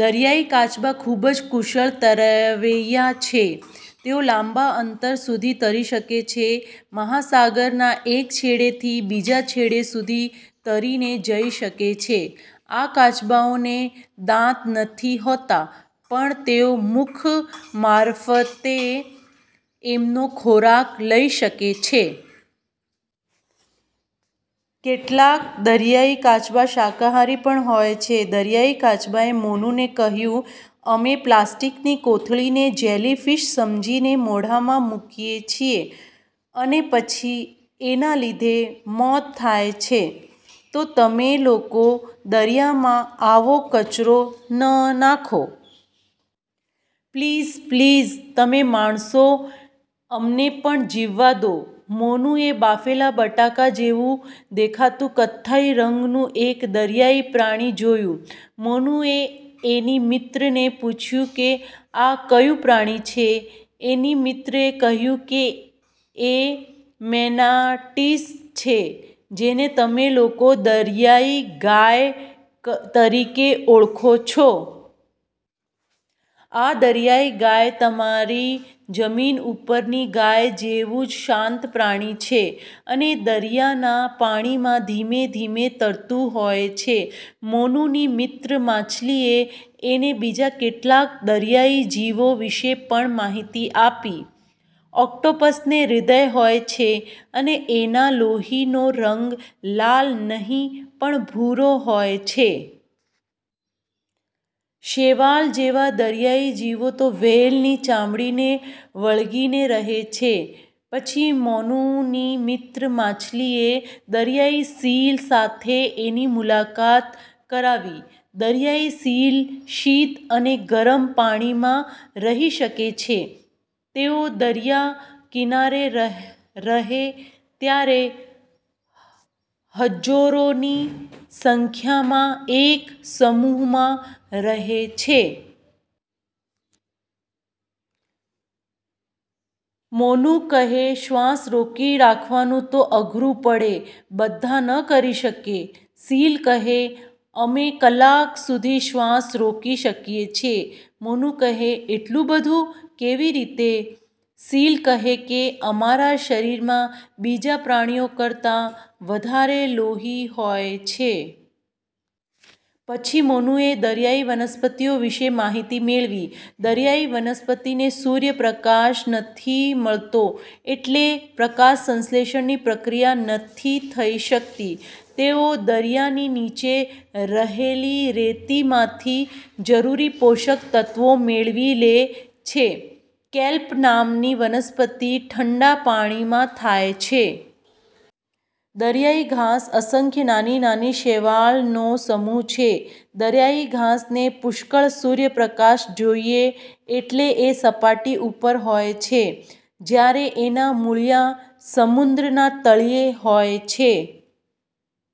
દરિયાઈ કાચબા ખુબ જ કુશળ તરવૈયા છે. તેઓ લાંબા અંતર સુધી તરી શકે છે. મહાસાગરના એક છેડે થી બીજા છેડા સુધી તરીને જઈ શકે છે. આ કાચબાઓને દાંત નથી હોતા પણ તેઓ મુખ મારફતે એમનો ખોરાક લઇ શકે છે. કેટલાક। દરિયાઈ કાચબા શાકાહારી પણ હોય છે! દરિયાઈ કાચબાએ મોનુને કહ્યું, "અમે પ્લાસ્ટીકની કોથળીને જેલી ફીશ સમજીને મોઢામાં મુકીએ છીએ અને પછી એના લીધે મોત થાય છે તો તમે લોકો દરિયામાં આવો કચરો ન નાંખો. પ્લીઝ, પ્લીઝ, તમે માણસો અમને પણ જીવવા દો". મોનુએ બાફેલા બટાકા જેવું દેખાતું કથ્થાઈ રંગનું એક દરિયાઈ પ્રાણી જોયું. મોનુએ એની મિત્રને પૂછ્યું કે આ કયું પ્રાણી છે? એની મિત્રએ કહ્યું કે એ મેનાટીસ છે જેને તમે લોકો દરિયાઈ ગાય તરીકે ઓળખો છો. આ "દરિયાઈ ગાય" તમારી જમીન ઉપરની ગાય જેવું જ શાંત પ્રાણી છે અને દરિયાના પાણીમાં ધીમે ધીમે તરતું હોય છે. મોનુની મિત્ર માછલીએ એને બીજા કેટલાક દરિયાઈ જીવો વિષે પણ માહિતી આપી. ઓક્ટોપસને હૃદય હોય છે અને એના લોહીનો રંગ લાલ નહિ પણ ભૂરો હોય છે! શેવાળ જેવા દરિયાઈ જીવો તો વ્હેલની ચામડીને વળગીને રહે છે! પછી મોનુની મિત્ર માછલીએ દરિયાઈ સીલ સાથે એની મુલાકાત કરાવી. દરિયાઈ સીલ શીત અને ગરમ પાણીમાં રહી શકે છે. તેઓ દરિયા કિનારે રહે ત્યારે હજોરોની સંખ્યામાં એક સમૂહમાં રહે છે. મોનુ કહે, "શ્વાસ રોકી રાખવાનું તો અઘરું પડે. બધા ન કરી શકે". સીલ કહે, "અમે કલાક સુધી શ્વાસ રોકી શકીએ છીએ". મોનુ કહે, "એટલું બધું? કેવી રીતે? ". સીલ કહે કે, "અમારા શરીરમાં બીજા પ્રાણીઓ કરતાં વધારે લોહી હોય છે. પછી મોનુએ દરિયાઈ વનસ્પતિઓ વિષે માહિતી મેળવી. દરિયાઈ વનસ્પતિને સૂર્ય પ્રકાશ નથી મળતો એટલે પ્રકાશ સંશ્લેષણની પ્રક્રિયા નથી થઇ શકતી. તેઓ દરિયાની નીચે રહેલી રેતીમાંથી જરૂરી પોષક તત્વો મેળવી લે છે. કેલ્પ નામની વનસ્પતિ ઠંડા પાણીમાં થાય છે. દરિયાઈ ઘાસ અસંખ્ય નાની નાની શેવાળનો સમૂહ છે. દરિયાઈ ઘાસને પુષ્કળ સૂર્ય પ્રકાશ જોઈએ એટલે એ સપાટી ઉપર હોય છે જયારે એના મૂળિયાં સમુદ્રના તળિયે હોય છે.